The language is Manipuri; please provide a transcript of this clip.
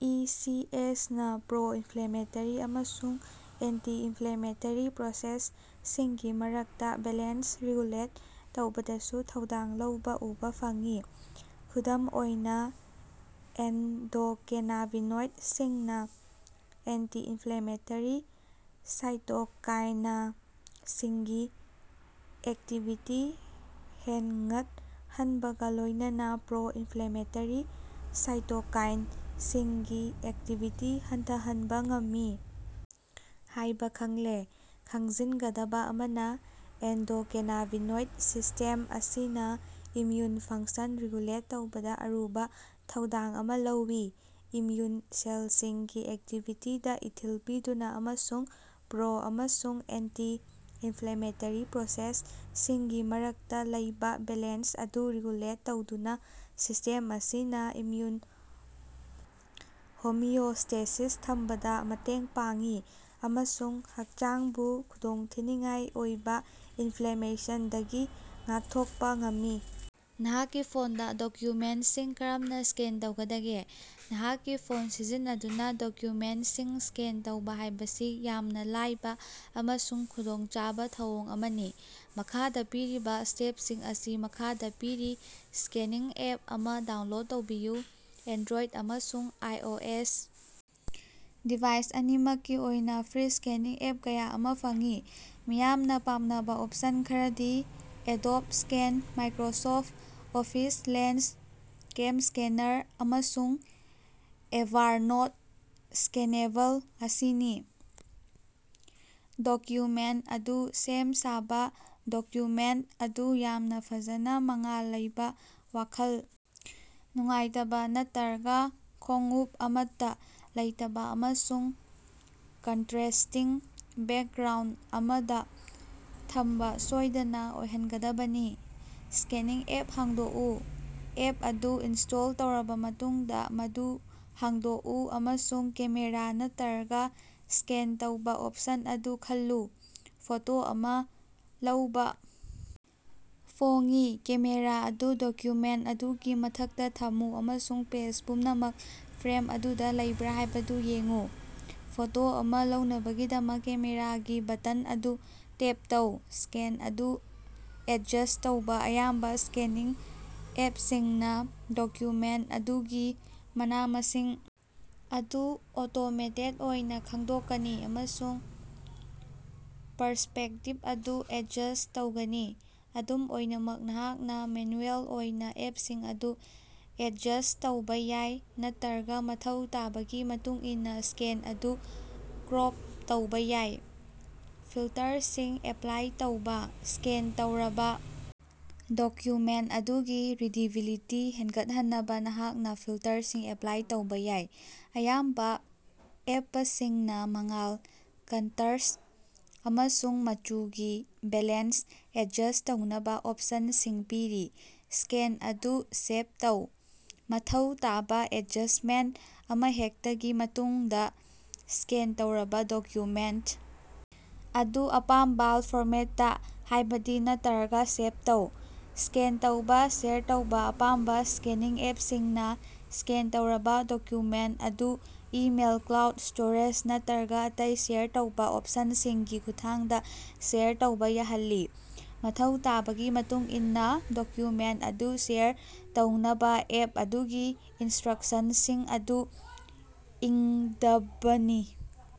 ꯏ. ꯁꯤ. ꯑꯦꯁ. ꯅꯥ ꯄ꯭ꯔꯣ-ꯏꯟꯐ꯭ꯂꯦꯃꯦꯇꯔꯤ ꯑꯃꯁꯨꯡ ꯑꯦꯟꯇꯤ-ꯏꯟꯐ꯭ꯂꯦꯃꯦꯇꯔꯤ ꯄ꯭ꯔꯣꯁꯦꯁ ꯁꯤꯡꯒꯤ ꯃꯔꯛꯇ ꯕꯦꯂꯦꯟꯁ ꯔꯤꯒꯨꯂꯦꯠ ꯇꯧꯕꯗꯁꯨ ꯊꯧꯗꯥꯡ ꯂꯧꯕ ꯎꯕ ꯐꯪꯏ꯫ ꯈꯨꯗꯝ ꯑꯣꯏꯅ, ꯑꯦꯟꯗꯣꯀꯦꯅꯥꯕꯤꯅꯣꯏꯗ ꯁꯤꯡꯅ ꯑꯦꯟꯇꯤ-ꯏꯟꯐ꯭ꯂꯦꯃꯦꯇꯔꯤ ꯁꯥꯏꯇꯣꯀꯥꯏꯅ ꯁꯤꯡꯒꯤ ꯑꯦꯛꯇꯤꯚꯤꯇꯤ ꯍꯦꯟꯉꯠꯍꯟꯕꯒ ꯂꯣꯏꯅꯅ ꯄ꯭ꯔꯣ-ꯏꯟꯐ꯭ꯂꯦꯃꯦꯇꯔꯤ ꯁꯥꯏꯇꯣꯀꯥꯏꯟ ꯁꯤꯡꯒꯤ ꯑꯦꯛꯇꯤꯚꯤꯇꯤ ꯍꯟꯊꯍꯟꯕ ꯉꯝꯃꯤ ꯍꯥꯏꯕ ꯈꯪꯂꯦ꯫ ꯈꯪꯖꯤꯟꯒꯗꯕ ꯑꯃꯅ, ꯑꯦꯟꯗꯣꯀꯦꯅꯥꯕꯤꯅꯣꯏꯗ ꯁꯤꯁꯇꯦꯝ ꯑꯁꯤꯅ ꯏꯝꯃ꯭ꯌꯨꯟ ꯐꯪꯁꯟ ꯔꯤꯒꯨꯂꯦꯠ ꯇꯧꯕꯗ ꯑꯔꯨꯕ ꯊꯧꯗꯥꯡ ꯑꯃ ꯂꯧꯏ꯫ ꯏꯝꯃ꯭ꯌꯨꯟ ꯁꯦꯜꯁꯤꯡꯒꯤ ꯑꯦꯛꯇꯤꯚꯤꯇꯤꯗ ꯏꯊꯤꯜ ꯄꯤꯗꯨꯅ ꯑꯃꯁꯨꯡ ꯄ꯭ꯔꯣ- ꯑꯃꯁꯨꯡ ꯑꯦꯟꯇꯤ-ꯏꯟꯐ꯭ꯂꯦꯃꯦꯇꯔꯤ ꯄ꯭ꯔꯣꯁꯦꯁ ꯁꯤꯡꯒꯤ ꯃꯔꯛꯇ ꯂꯩꯕ ꯕꯦꯂꯦꯟꯁ ꯑꯗꯨ ꯔꯤꯒꯨꯂꯦꯠ ꯇꯧꯗꯨꯅ, ꯁꯤꯁꯇꯦꯝ ꯑꯁꯤꯅ ꯏꯝꯃ꯭ꯌꯨꯟ ꯍꯣꯃꯤꯑꯣꯁ꯭ꯇꯦꯁꯤꯁ ꯊꯝꯕꯗ ꯃꯇꯦꯡ ꯄꯥꯡꯏ ꯑꯃꯁꯨꯡ ꯍꯛꯆꯥꯡꯕꯨ ꯈꯨꯗꯣꯡꯊꯤꯅꯤꯉꯥꯏ ꯑꯣꯏꯕ ꯏꯟꯐ꯭ꯂꯦꯃꯦꯁꯟ ꯗꯒꯤ ꯉꯥꯛꯊꯣꯛꯄ ꯉꯝꯃꯤ꯫। ꯅꯍꯥꯛꯀꯤ ꯐꯣꯟꯗ ꯗꯣꯀ꯭ꯌꯨꯃꯦꯟꯇꯁꯤꯡ ꯀꯔꯝꯅ ꯁ꯭ꯀꯦꯟ ꯇꯧꯒꯗꯒꯦ꯫ ꯅꯍꯥꯛꯀꯤ ꯐꯣꯟ ꯁꯤꯖꯤꯟꯅꯗꯨꯅ ꯗꯣꯀ꯭ꯌꯨꯃꯦꯟꯇꯁꯤꯡ ꯁ꯭ꯀꯦꯟ ꯇꯧꯕ ꯍꯥꯏꯕꯁꯤ ꯌꯥꯝꯅ ꯂꯥꯏꯕ ꯑꯃꯁꯨꯡ ꯈꯨꯗꯣꯡꯆꯥꯕ ꯊꯧꯑꯣꯡ ꯑꯃꯅꯤ꯫ ꯃꯈꯥꯗ ꯄꯤꯔꯤꯕ ꯁ꯭ꯇꯦꯞꯁꯤꯡ ꯑꯁꯤ ꯃꯈꯥꯗ ꯄꯤꯔꯤ: ꯁ꯭ꯀꯦꯅꯤꯡ ꯑꯦꯞ ꯑꯃ ꯗꯥꯎꯟꯂꯣꯗ ꯇꯧꯕꯤꯌꯨ: ꯑꯦꯟꯗ꯭ꯔꯣꯏꯗ ꯑꯃꯁꯨꯡ ꯑꯥꯏꯑꯣꯑꯦꯁ ꯗꯤꯚꯥꯏꯁ ꯑꯅꯤꯃꯛꯀꯤ ꯑꯣꯏꯅ ꯐ꯭ꯔꯤ ꯁ꯭ꯀꯦꯅꯤꯡ ꯑꯦꯞ ꯀꯌꯥ ꯑꯃ ꯐꯪꯏ꯫ ꯃꯤꯌꯥꯝꯅ ꯄꯥꯝꯅꯕ ꯑꯣꯞꯁꯟ ꯈꯔꯗꯤ Adobe Scan, Microsoft Office Lens, CamScanner, ꯑꯃꯁꯨꯡ ꯑꯦꯚꯥꯔꯅꯣꯠ ꯁ꯭ꯀꯦꯅꯦꯕꯜ ꯑꯁꯤꯅꯤ꯫ ꯗꯣꯀ꯭ꯌꯨꯃꯦꯟꯇ ꯑꯗꯨ ꯁꯦꯝ-ꯁꯥꯕ: ꯗꯣꯀ꯭ꯌꯨꯃꯦꯟꯇ ꯑꯗꯨ ꯌꯥꯝꯅ ꯐꯖꯅ ꯃꯉꯥꯜ ꯂꯩꯕ, ꯋꯥꯈꯜ ꯅꯨꯡꯉꯥꯏꯇꯕ ꯅꯠꯇꯔꯒ ꯈꯣꯡꯎꯞ ꯑꯃꯠꯇ ꯂꯩꯇꯕ ꯑꯃꯁꯨꯡ ꯀꯟꯇ꯭ꯔꯦꯁ꯭ꯇꯤꯡ ꯕꯦꯛꯒ꯭ꯔꯥꯎꯟꯗ ꯑꯃꯗ ꯊꯝꯕ ꯁꯣꯏꯗꯅ ꯑꯣꯏꯍꯟꯒꯗꯕꯅꯤ꯫ ꯁ꯭ꯀꯦꯅꯤꯡ ꯑꯦꯞ ꯍꯥꯡꯗꯣꯛꯎ: ꯑꯦꯞ ꯑꯗꯨ ꯏꯟꯁ꯭ꯇꯣꯜ ꯇꯧꯔꯕ ꯃꯇꯨꯡꯗ, ꯃꯗꯨ ꯍꯥꯡꯗꯣꯛꯎ ꯑꯃꯁꯨꯡ ꯀꯦꯃꯦꯔꯥ ꯅꯠꯇꯔꯒ ꯁ꯭ꯀꯦꯟ ꯇꯧꯕ ꯑꯣꯞꯁꯟ ꯑꯗꯨ ꯈꯜꯂꯨ꯫ ꯐꯣꯇꯣ ꯑꯃ ꯂꯧꯕ: ꯐꯣꯉꯤ ꯀꯦꯃꯦꯔꯥ ꯑꯗꯨ ꯗꯣꯀ꯭ꯌꯨꯃꯦꯟꯇ ꯑꯗꯨꯒꯤ ꯃꯊꯛꯇ ꯊꯝꯃꯨ ꯑꯃꯁꯨꯡ ꯄꯦꯖ ꯄꯨꯝꯅꯃꯛ ꯐ꯭ꯔꯦꯝ ꯑꯗꯨꯗ ꯂꯩꯕ꯭ꯔ ꯍꯥꯏꯕꯗꯨ ꯌꯦꯡꯎ꯫ ꯐꯣꯇꯣ ꯑꯃ ꯂꯧꯅꯕꯒꯤꯗꯃꯛ ꯀꯦꯃꯦꯔꯥꯒꯤ ꯕꯥꯇꯟ ꯑꯗꯨ ꯇꯦꯞ ꯇꯧ꯫ ꯁ꯭ꯀꯦꯟ ꯑꯗꯨ ꯑꯦꯗꯖꯁ ꯇꯧꯕ: ꯑꯌꯥꯝꯕ ꯁ꯭ꯀꯦꯅꯤꯡ ꯑꯦꯞꯁꯤꯡꯅ ꯗꯣꯀ꯭ꯌꯨꯃꯦꯟꯇ ꯑꯗꯨꯒꯤ ꯃꯅꯥ-ꯃꯁꯤꯡ ꯑꯗꯨ ꯑꯣꯇꯣꯃꯦꯇꯦꯗ ꯑꯣꯏꯅ ꯈꯪꯗꯣꯛꯀꯅꯤ ꯑꯃꯁꯨꯡ ꯄꯔꯁ꯭ꯄꯦꯛꯇꯤꯚ ꯑꯗꯨ ꯑꯦꯗꯖꯁ꯭ꯠ ꯇꯧꯒꯅꯤ꯫ ꯑꯗꯨꯝ ꯑꯣꯏꯅꯃꯛ, ꯅꯍꯥꯛꯅ ꯃꯦꯅ꯭ꯌꯨꯑꯦꯜ ꯑꯣꯏꯅ ꯑꯦꯞꯁꯤꯡ ꯑꯗꯨ ꯑꯦꯗꯖꯁ꯭ꯠ ꯇꯧꯕ ꯌꯥꯏ ꯅꯠꯇꯔꯒ ꯃꯊꯧ ꯇꯥꯕꯒꯤ ꯃꯇꯨꯡꯏꯟꯅ ꯁ꯭ꯀꯦꯟ ꯑꯗꯨ ꯀ꯭ꯔꯣꯞ ꯇꯧꯕ ꯌꯥꯏ꯫ ꯐꯤꯜꯇꯔꯁꯤꯡ ꯑꯦꯄ꯭ꯂꯥꯏ ꯇꯧꯕ: ꯁ꯭ꯀꯦꯟ ꯇꯧꯔꯕ ꯗꯣꯀ꯭ꯌꯨꯃꯦꯟꯇ ꯑꯗꯨꯒꯤ ꯔꯤꯗꯤꯕꯤꯂꯤꯇꯤ ꯍꯦꯟꯒꯠꯍꯟꯅꯕ ꯅꯍꯥꯛꯅ ꯐꯤꯜꯇꯔꯁꯤꯡ ꯑꯦꯄ꯭ꯂꯥꯏ ꯇꯧꯕ ꯌꯥꯏ꯫ ꯑꯌꯥꯝꯕ ꯑꯦꯄꯁꯤꯡꯅ ꯃꯉꯥꯜ, ꯀꯟꯇꯔꯁ꯭ꯠ ꯑꯃꯁꯨꯡ ꯃꯆꯨꯒꯤ ꯕꯦꯂꯦꯟꯁ ꯑꯦꯗꯖꯁ꯭ꯠ ꯇꯧꯅꯕ ꯑꯣꯞꯁꯟ ꯁꯤꯡ ꯄꯤꯔꯤ꯫ ꯁ꯭ꯀꯦꯟ ꯑꯗꯨ ꯁꯦꯚ ꯇꯧ: ꯃꯊꯧ ꯇꯥꯕ ꯑꯦꯗꯖꯁ꯭ꯇꯃꯦꯟꯇ ꯑꯃꯍꯦꯛꯇꯒꯤ ꯃꯇꯨꯡꯗ, ꯁ꯭ꯀꯦꯟ ꯇꯧꯔꯕ ꯗꯣꯀ꯭ꯌꯨꯃꯦꯟꯇ ꯑꯗꯨ ꯑꯄꯥꯝꯕꯥꯜ ꯐꯣꯔꯃꯦꯠꯇ, ꯍꯥꯏꯕꯗꯤ ꯅꯠꯇꯔꯒ ꯁꯦꯚ ꯇꯧ꯫ ꯁ꯭ꯀꯦꯟ ꯇꯧꯕ ꯁꯦꯌꯥꯔ ꯇꯧꯕ: ꯑꯌꯥꯝꯕ ꯁ꯭ꯀꯦꯅꯤꯡ ꯑꯦꯞꯁꯤꯡꯅ ꯁ꯭ꯀꯦꯟ ꯇꯧꯔꯕ ꯗꯣꯀ꯭ꯌꯨꯃꯦꯟꯇ ꯑꯗꯨ ꯏꯃꯦꯏꯜ, ꯀ꯭ꯂꯥꯎꯗ ꯁ꯭ꯇꯣꯔꯦꯖ ꯅꯠꯇꯔꯒ ꯑꯇꯩ ꯁꯦꯌꯔ ꯇꯧꯕ ꯑꯣꯞꯁꯟꯁꯤꯡꯒꯤ ꯈꯨꯠꯊꯥꯡꯗ ꯁꯦꯌꯥꯔ ꯇꯧꯕ ꯌꯥꯍꯜꯂꯤ꯫ ꯃꯊꯧ ꯇꯥꯕꯒꯤ ꯃꯇꯨꯡꯏꯟꯅ ꯗꯣꯀ꯭ꯌꯨꯃꯦꯟꯇ ꯑꯗꯨ ꯁꯦꯌꯥꯔ ꯇꯧꯅꯕ ꯑꯦꯞ ꯑꯗꯨꯒꯤ ꯏꯟꯁ꯭ꯠꯔꯛꯁꯟꯁꯤꯡ ꯑꯗꯨ ꯏꯪꯗꯕꯅꯤ꯫